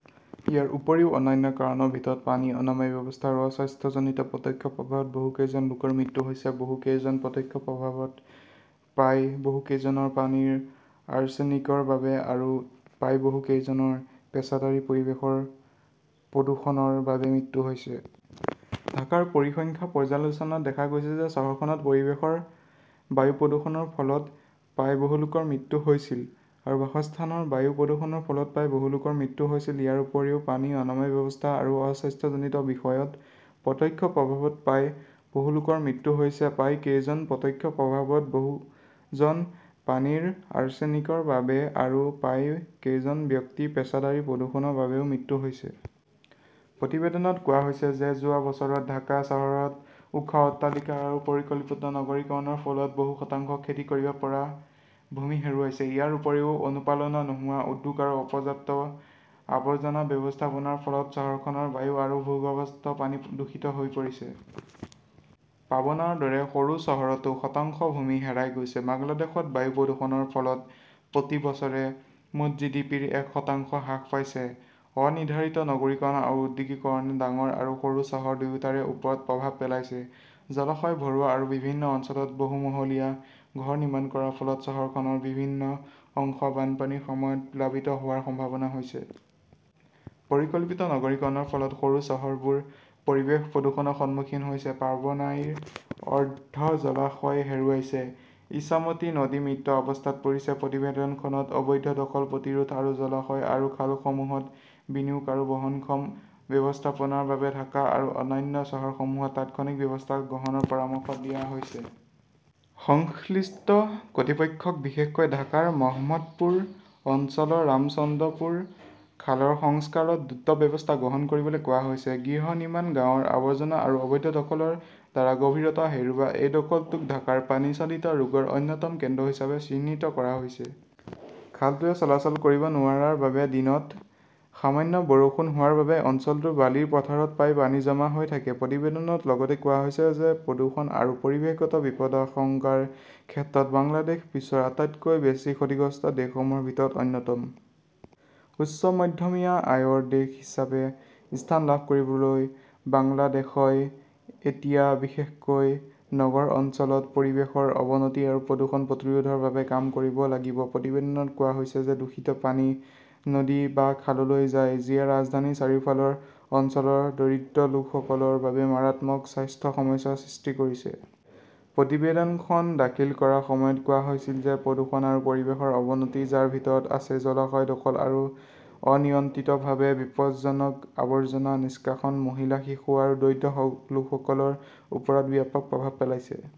ইয়াৰ উপৰিও অন্যান্য কাৰণৰ ভিতৰত পানী, অনাময় ব্যৱস্থা আৰু অ-স্বাস্থ্যজনিত প্ৰত্যক্ষ প্ৰভাৱত বহু কেইজন লোকৰ মৃত্যু হৈছে, বহু কেইজন প্ৰত্যক্ষ প্ৰভাৱত, প্ৰায় বহু কেইজনৰ পানীৰ আৰ্ছেনিকৰ বাবে আৰু প্ৰায় বহু কেইজনৰ পেছাদাৰী পৰিৱেশৰ প্ৰদূষণৰ বাবে মৃত্যু হৈছে। ঢাকাৰ পৰিসংখ্যা পৰ্যালোচনাত দেখা গৈছে যে চহৰখনত পৰিৱেশৰ বায়ু প্ৰদূষণৰ ফলত প্ৰায়, বহুলোকৰ মৃত্যু হৈছিল আৰু বাসস্থানৰ বায়ু প্ৰদূষণৰ ফলত প্ৰায়, বহুলোকৰ মৃত্যু হৈছিল। ইয়াৰ উপৰিও পানী, অনাময় ব্যৱস্থা আৰু অ-স্বাস্থ্যজনিত বিষয়ত প্ৰত্যক্ষ প্ৰভাৱত প্ৰায় বহুলোকৰ মৃত্যু হৈছে, প্ৰায় কেইজন প্ৰত্যক্ষ প্ৰভাৱত, বহুজন পানীৰ আৰ্ছেনিকৰ বাবে আৰু প্ৰায় কেইজন ব্যক্তি পেছাদাৰী প্ৰদূষণৰ বাবেও মৃত্যু হৈছে। প্ৰতিবেদনত কোৱা হৈছে যে যোৱা বছৰত ঢাকা চহৰত ওখ অট্টালিকা আৰু পৰিকল্পিত নগৰীকৰণৰ ফলত বহু শতাংশ খেতি কৰিব পৰা ভূমি হেৰুৱাইছে। ইয়াৰ উপৰিও অনুপালনা নোহোৱা উদ্যোগ আৰু অপৰ্যাপ্ত আৱৰ্জনা ব্যৱস্থাপনাৰ ফলত চহৰখনৰ বায়ু আৰু ভূগৰ্ভস্থ পানী দূষিত হৈ পৰিছে। পাবনাৰ দৰে সৰু চহৰতো শতাংশ ভূমি হেৰাই গৈছে। বাংলাদেশত বায়ু প্ৰদূষণৰ ফলত প্ৰতি বছৰে মুঠ জিডিপিৰ এক শতাংশ হ্ৰাস পাইছে। অনিৰ্ধাৰিত নগৰীকৰণ আৰু ঔদ্যোগিকৰণে ডাঙৰ আৰু সৰু চহৰ দুয়োটাৰে ওপৰত প্ৰভাৱ পেলাইছে। জলাশয় ভৰোৱা আৰু বিভিন্ন অঞ্চলত বহুমহলীয়া ঘৰ নিৰ্মাণ কৰাৰ ফলত চহৰখনৰ বিভিন্ন অংশ বানপানীৰ সময়ত প্লাবিত হোৱাৰ সম্ভাৱনা হৈছে। পৰিকল্পিত নগৰীকৰণৰ ফলত সৰু চহৰবোৰ পৰিৱেশ প্ৰদূষণৰ সন্মুখীন হৈছে। পাবনাইৰ অৰ্ধ জলাশয় হেৰুৱাইছে। ইছামতী নদী মৃত অৱস্থাত পৰিছে। প্ৰতিবেদনখনত অবৈধ দখল প্ৰতিৰোধ আৰু জলাশয় আৰু খালসমূহত বিনিয়োগ আৰু বহনক্ষম ব্যৱস্থাপনাৰ বাবে ঢাকা আৰু অন্যান্য চহৰসমূহত তাৎক্ষণিক ব্যৱস্থা গ্ৰহণৰ পৰামৰ্শ দিয়া হৈছে। সংশ্লিষ্ট কৰ্তৃপক্ষক বিশেষকৈ ঢাকাৰ মহম্মদপুৰ অঞ্চলৰ ৰামচন্দ্ৰপুৰ খালৰ সংস্কাৰত দ্ৰুত ব্যৱস্থা গ্ৰহণ কৰিবলৈ কোৱা হৈছে। গৃহ নিৰ্মাণ গাঁৱৰ আৱৰ্জনা আৰু অবৈধ দখলৰ দ্বাৰা গভীৰতা হেৰুওৱা, এই খালটোক ঢাকাৰ পানী-চালিত ৰোগৰ অন্যতম কেন্দ্ৰ হিচাপে চিহ্নিত কৰা হৈছে। খালটোৱে চলাচল কৰিব নোৱাৰাৰ বাবে দিনত সামান্য বৰষুণ হোৱাৰ বাবে অঞ্চলটোৰ বালিৰ পথাৰত প্ৰায় পানী জমা হৈ থাকে। প্ৰতিবেদনত লগতে কোৱা হৈছে যে প্ৰদূষণ আৰু পৰিৱেশগত বিপদাশংকাৰ ক্ষেত্ৰত বাংলাদেশ বিশ্বৰ আটাইতকৈ বেছি ক্ষতিগ্ৰস্ত দেশসমূহৰ ভিতৰত অন্যতম। উচ্চ মধ্যমীয়া আয়ৰ দেশ হিচাপে স্থান লাভ কৰিবলৈ বাংলাদেশই এতিয়া বিশেষকৈ নগৰ অঞ্চলত পৰিৱেশৰ অৱনতি আৰু প্ৰদূষণ প্ৰতিৰোধৰ বাবে কাম কৰিব লাগিব। প্ৰতিবেদনত কোৱা হৈছে যে দূষিত পানী নদী বা খাললৈ যায়। যিয়ে ৰাজধানীৰ চাৰিওফালৰ অঞ্চলৰ দৰিদ্ৰ লোকসকলৰ বাবে মাৰাত্মক স্বাস্থ্য সমস্যাৰ সৃষ্টি কৰিছে। প্ৰতিবেদনখন দাখিল কৰাৰ সময়ত কোৱা হৈছিল যে প্ৰদূষণ আৰু পৰিৱেশৰ অৱনতি, যাৰ ভিতৰত আছে জলাশয় দখল আৰু অনিয়ন্ত্ৰিতভাৱে বিপজ্জনক আৱৰ্জনা নিষ্কাশন, মহিলা, শিশু আৰু দৰিদ্ৰ লোকসকলৰ ওপৰত ব্যাপক প্ৰভাৱ পেলাইছে।